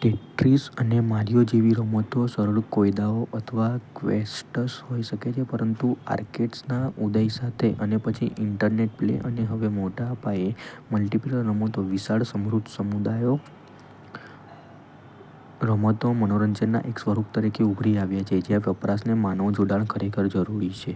Tetris અને "Mario" જેવી રમતો સરળ કોયડાઓ અથવા ક્વેસ્ટ્સ હોઈ શકે છે પરંતુ આર્કેડ્સના ઉદય સાથે અને પછી ઇન્ટરનેટ પ્લે, અને હવે મોટા પાયે મલ્ટિપ્લેયર રમતો વિશાળ, સમૃદ્ધ સમુદાયો, રમતો મનોરંજનના એક સ્વરૂપ તરીકે ઉભરી આવ્યા છે જ્યાં વપરાશને માનવ જોડાણ ખરેખર જરૂરી છે.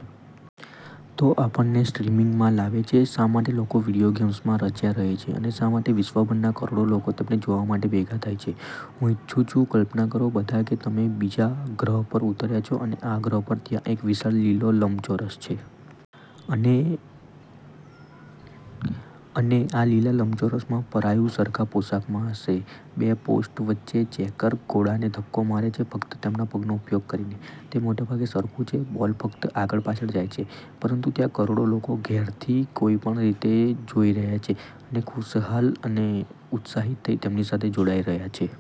તો આ આપણને સ્ટ્રીમિંગમાં લાવે છે. શા માટે લોકો વિડિઓ ગેમ્સમા રચ્યા રહે છે? અને શા માટે વિશ્વભરના કરોડો લોકો તેમને જોવા માટે ભેગા થાય છે? હું ઇચ્છું છું કલ્પના કરો બધા કે તમે બીજા ગ્રહ પર ઉતર્યા છો અને આ ગ્રહ પર ત્યાં એક વિશાળ લીલો લંબચોરસ છે. અને આ લીલા લંબચોરસમાં પરાયું સરખા પોશાકમાં છે. બે પોસ્ટ વચ્ચે ચેકર ગોળાને ધક્કો મારે છે ફક્ત તેમના પગનો ઉપયોગ કરીને. તે મોટેભાગે સરખું છે, બોલ ફક્ત આગળ-પાછળ જાય છે. પરંતુ ત્યાં કરોડો લોકો ઘરેથી કોઈપણ રીતે જોઈ રહ્યાં છે, અને ખુશખુશાલ અને ઉત્સાહિત થઈ તેમની સાથે જોડાઈ રહ્યા છે.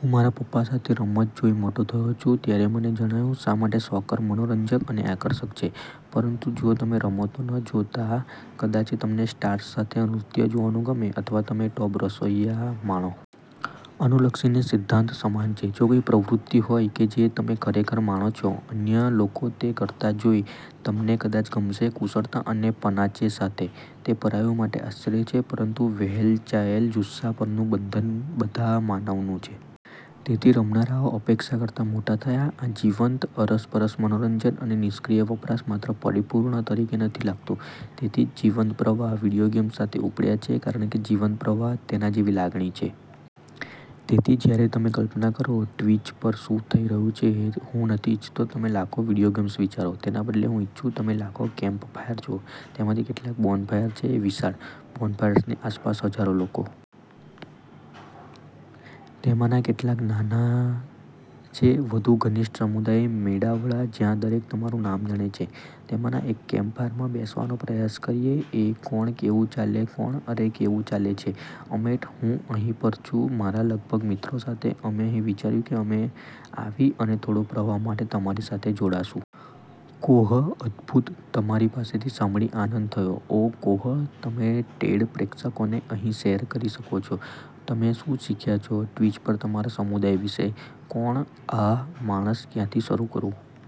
હું મારા પપ્પા સાથે રમત જોઈ મોટો થયો છું. ત્યારે મને જણાયું શા માટે સોકર મનોરંજક અને આકર્ષક છે. પરંતુ જો તમે રમતો ન જોતા, કદાચ તમને "સ્ટાર્સ સાથે નૃત્ય" જોવાનું ગમે અથવા તમે "ટોપ રસોઇયા" માણો. અનુલક્ષીને સિદ્ધાંત સમાન છે. જો કોઈ પ્રવૃત્તિ હોય કે જે તમે ખરેખર માણો છો, અન્ય લોકો તે કરતા જોઈ તમેને કદાચ ગમશે કુશળતા અને પનાચે સાથે. તે પરાયું માટે આશ્ચર્ય છે પરંતુ વહેંચાયેલ જુસ્સા પરનું બંધન બધા માનવનું છે. તેથી રમનારાઓ અપેક્ષા કરતા મોટા થયા આ જીવંત, અરસપરસ મનોરંજન, અને નિષ્ક્રિય વપરાશ માત્ર પરિપૂર્ણ તરીકે નથી લાગતું. તેથી જ જીવંત પ્રવાહ વિડિઓ ગેમ્સ સાથે ઉપડ્યા છે કારણ કે જીવંત પ્રવાહ તેના જેવી લાગણી છે. તેથી જ્યારે તમે કલ્પના કરો ટ્વિચ પર શું થઈ રહ્યું છે, હું નથી ઇચ્છતો તમે લાખો વિડિઓ ગેમ્સ વિચારો. તેના બદલે, હું ઇચ્છુ તમે લાખો કેમ્પફાયર જોવો. તેમાંથી કેટલાક બોનફાયર છે વિશાળ, બોનફાયર્સની આસપાસ હજારો લોકો. તેમાંના કેટલાક નાના છે, વધુ ઘનિષ્ઠ સમુદાય મેળાવડા જ્યાં દરેક તમારું નામ જાણે છે. તેમાંના એક કેમ્પફાયરમા બેસવાનો પ્રયાસ કરીએ હે કોહ, કેવું ચાલે છે? કોહ: અરે, કેવું ચાલે છે, એમેટ? હું અહીં પર છું મારા લગભગ મિત્રો સાથે અને અમે વિચાર્યું કે અમે આવી અને થોડો પ્રવાહ માટે તમારી સાથે જોડાશું. કોહ: અદ્ભુત! તમારી પાસેથી સાંભળી આનંદ થયો. તો કોહહ, તમે ટેડ પ્રેક્ષકોને અહી શેર કરી શકો છો. તમે શું શીખ્યા છે ટ્વિચ પર તમારા સમુદાય વિશે? કોહ: આહ, માણસ, ક્યાંથી શરૂ કરું?